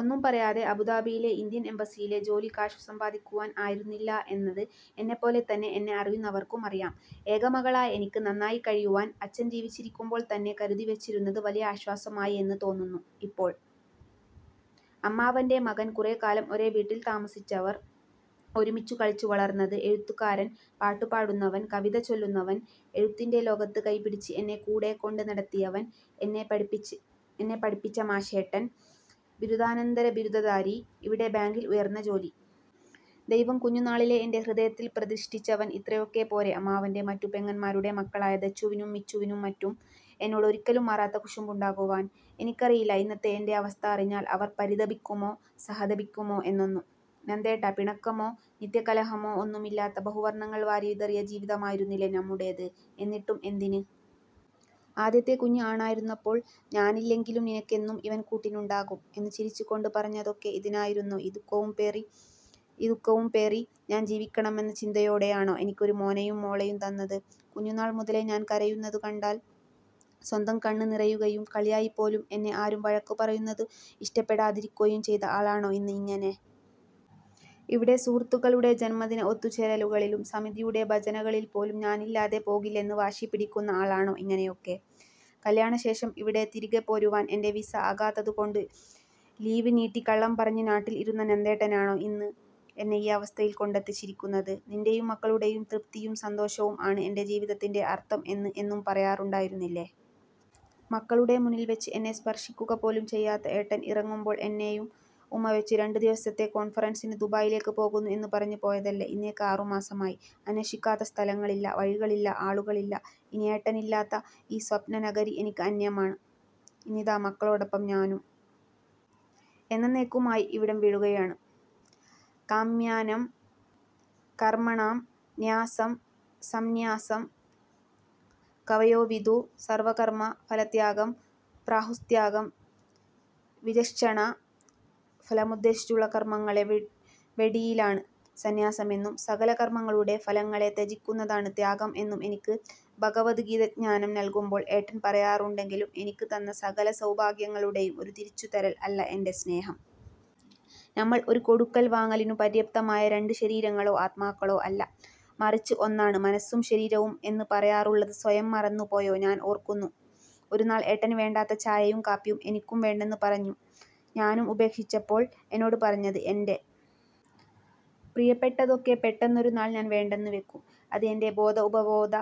ഒന്നും പറയാതെ അബുദാബിയിലെ ഇന്ത്യൻ എംബസിയിലെ ജോലി കാശു സമ്പാദിക്കുവാൻ ആയിരുന്നില്ല എന്നത് എന്നെപ്പോലെ തന്നെ എന്നെ അറിയുന്നവർക്കും അറിയാം. ഏകമകളായ എനിക്ക് നന്നായിക്കഴിയുവാൻ അച്ഛൻ ജീവിച്ചിരിക്കുമ്പോൾ തന്നെ കരുതി വെച്ചിരുന്നത് വലിയ ആശ്വാസമായി എന്നു തോന്നുന്നു ഇപ്പോൾ. അമ്മാവൻ്റെ മകൻ, കുറെക്കാലം ഒരേ വീട്ടിൽ താമസിച്ചവർ, ഒരുമിച്ചു കളിച്ചു വളർന്നത്, എഴുത്തുകാരൻ, പാട്ടുപാടുന്നവൻ, കവിതചൊല്ലുന്നവൻ, എഴുത്തിൻ്റെ ലോകത്ത് കൈപിടിച്ച് എന്നെ കൂടെ കൊണ്ട് നടത്തിയവൻ, എന്നെ പഠിപ്പിച്ച മാഷേട്ടൻ, ബിരുദാനന്തര ബിരുദധാരി, ഇവിടെ ബാങ്കിൽ ഉയർന്ന ജോലി. ദൈവം കുഞ്ഞുനാളിലെ എൻ്റെ ഹൃദയത്തിൽ പ്രതിഷ്ഠിച്ചവൻ ഇത്രയൊക്കെ പോരെ അമ്മാവൻ്റെ മറ്റു പെങ്ങൻമാരുടെ മക്കളായ ദച്ചുവിനും മിച്ചുവിനും മറ്റും എന്നോട് ഒരിക്കലും മാറാത്ത കുശുമ്പ് ഉണ്ടാകുവാൻ. എനിക്കറിയില്ല ഇന്നത്തെ എൻ്റെ അവസ്ഥ അറിഞ്ഞാൽ അവർ പരിതപിക്കുമോ സഹതപിക്കുമോ എന്നൊന്നും. നന്ദേട്ടാ പിണക്കമോ നിത്യകലഹമോ ഒന്നുമില്ലാത്ത ബഹുവർണ്ണങ്ങൾ വാരി വിതറിയ ജീവിതമായിരുന്നില്ലേ നമ്മുടേത് എന്നിട്ടും എന്തിന്? ആദ്യത്തെ കുഞ്ഞ് ആണായിരുന്നപ്പോൾ ''ഞാനില്ലെങ്കിലും നിനക്കെന്നും ഇവൻ കൂട്ടിനുണ്ടാകും'' എന്ന് ചിരിച്ചുകൊണ്ട് പറഞ്ഞതൊക്കെ ഇതിനായിരുന്നോഈ ദുഃഖവും പേറി ഈ ദുഖവും പേറി ഞാൻ ജീവിക്കണമെന്ന ചിന്തയോടെയാണോ എനിക്കൊരു മോനേയും മോളേയും തന്നത് കുഞ്ഞുനാൾ മുതലേ ഞാൻ കരയുന്നതു കണ്ടാൽ സ്വന്തം കണ്ണ് നിറയുകയും കളിയായിപ്പോലും എന്നെ ആരും വഴക്കുപറയുന്നതു ഇഷ്ടപ്പെടാതിരിക്കുകയും ചെയ്ത ആളാണോ ഇന്ന് ഇങ്ങനെ. ഇവിടെ സുഹൃത്തുക്കളുടെ ജൻമദിന ഒത്തുചേരലുകളിലും സമിതിയുടെ ഭജനകളിൽപ്പോലും ഞാനില്ലാതെ പോകില്ലെന്ന് വാശി പിടിക്കുന്ന ആളാണോ ഇങ്ങനെയൊക്കെ, കല്യാണശേഷം ഇവിടെ തിരികെ പോരുവാൻ എൻ്റെ വിസ ആകാത്തതുകൊണ്ടു ലീവ് നീട്ടി കള്ളംപറഞ്ഞു നാട്ടിൽ ഇരുന്ന നന്ദേട്ടനാണോ ഇന്ന് എന്നെ ഈ അവസ്ഥയിൽ കൊണ്ടെത്തിച്ചിരിക്കുന്നത്. നിൻ്റെയും മക്കളുടെയും തൃപ്തിയും സന്തോഷവും ആണ് എൻ്റെ ജീവിതത്തിൻ്റെ അർത്ഥം എന്ന് എന്നും പറയാറുണ്ടായിരുന്നില്ലേ. മക്കളുടെ മുന്നിൽ വെച്ച് എന്നെ സ്പർശിക്കുകപോലും ചെയ്യാത്ത ഏട്ടൻ ഇറങ്ങുമ്പോൾ എന്നേയും ഉമ്മവെച്ചു രണ്ടു ദിവസത്തെ കോൺഫറൻസിന് ദുബായിലേക്ക് പോകുന്നു എന്ന് പറഞ്ഞു പോയതല്ലേ ഇന്നേക്ക് ആറുമാസമായി. അന്വേഷിക്കാത്ത സ്ഥലങ്ങളില്ല വഴികളില്ല ആളുകളില്ല. ഇനി ഏട്ടനില്ലാത്ത ഈ സ്വപ്നനഗരി എനിക്ക് അന്യമാണ്. ഇന്നിതാ മക്കളോടൊപ്പം ഞാനും എന്നെന്നേയ്ക്കുമായി ഇവിടം വിടുകയാണ് "കാമ്യാനാം കർമ്മണാം ന്യാസം സംന്യാസം കവയോ വിദു: സർവ്വ കർമ്മ ഫലത്യാഗം പ്രാഹുസ്ത്യാഗം വിചക്ഷണാ" ഫലമുദ്ദേശിച്ചുള്ള കർമ്മങ്ങളെ വെടി വെടിയലാണ് സന്യാസമെന്നും, സകല കർമ്മങ്ങളുടെ ഫലങ്ങളെ ത്യജിക്കുന്നതാണ് ത്യാഗം എന്നും എനിക്ക് ഭഗവത് ഗീത ജ്ഞാനം നൽകുമ്പോൾ ഏട്ടൻ പറയാറുണ്ടെങ്കിലും എനിക്ക് തന്ന സകല സൗഭാഗ്യങ്ങളുടേയും ഒരു തിരിച്ചു തരൽ അല്ല എൻ്റെ സ്നേഹം. നമ്മൾ ഒരു കൊടുക്കൽ വാങ്ങലിനു പര്യാപ്തമായ രണ്ടു ശരീരങ്ങളോ ആത്മാക്കളോ അല്ല മറിച്ചു ഒന്നാണ് മനസ്സും ശരീരവും എന്ന് പറയാറുള്ളത് സ്വയം മറന്നുപോയോ ഞാൻ ഓർക്കുന്നു ഒരു നാൾ ഏട്ടന് വേണ്ടാത്ത ചായയും കാപ്പിയും എനിക്കും വേണ്ടെന്നു പറഞ്ഞു ഞാനും ഉപേക്ഷിച്ചപ്പോൾ എന്നോട് പറഞ്ഞത് ''എൻ്റെ പ്രിയപ്പെട്ടതൊക്കെ പെട്ടെന്നൊരു നാൾ ഞാൻ വേണ്ടെന്നു വെക്കും അത് എൻ്റെ ബോധ ഉപബോധ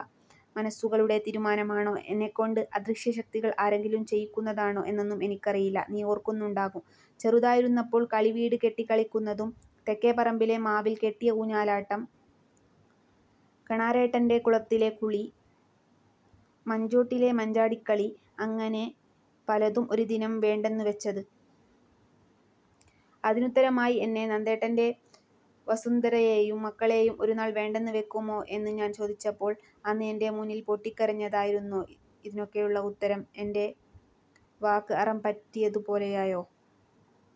മനസ്സുകളുടെ തീരുമാനമാണോ എന്നെക്കൊണ്ട് അദൃശ്യ ശക്തികൾ ആരെങ്കിലും ചെയ്യിക്കുന്നതാണോ എന്നൊന്നും എനിക്കറിയില്ല നീ ഓർക്കുന്നുണ്ടാകും ചെറുതായിരുന്നപ്പോൾ കളിവീട് കെട്ടി കളിക്കുന്നതും, തെക്കേ പറമ്പിലെ മാവിൽ കെട്ടിയ ഊഞ്ഞാലാട്ടം, കണാരേട്ടൻ്റെ കുളത്തിലെ കുളി, മാഞ്ചോട്ടിലെ മഞ്ചാടിക്കളി അങ്ങിനെ പലതും ഒരു ദിനം വേണ്ടെന്നു വെച്ചത്'' അതിനുത്തരമായി എന്നെ, നന്ദേട്ടൻ്റെ വസുന്ധരയേയും മക്കളേയും ഒരു നാൾ വേണ്ടെന്ന് വെക്കുമോ എന്ന് ഞാൻ ചോദിച്ചപ്പോൾ അന്ന് എൻ്റെ മുന്നിൽ പൊട്ടിക്കരഞ്ഞതായിരുന്നോ ഇതിനൊക്കെയുള്ള ഉത്തരം എൻ്റെ വാക്ക് അറം പറ്റിയതുപോലെയായോ.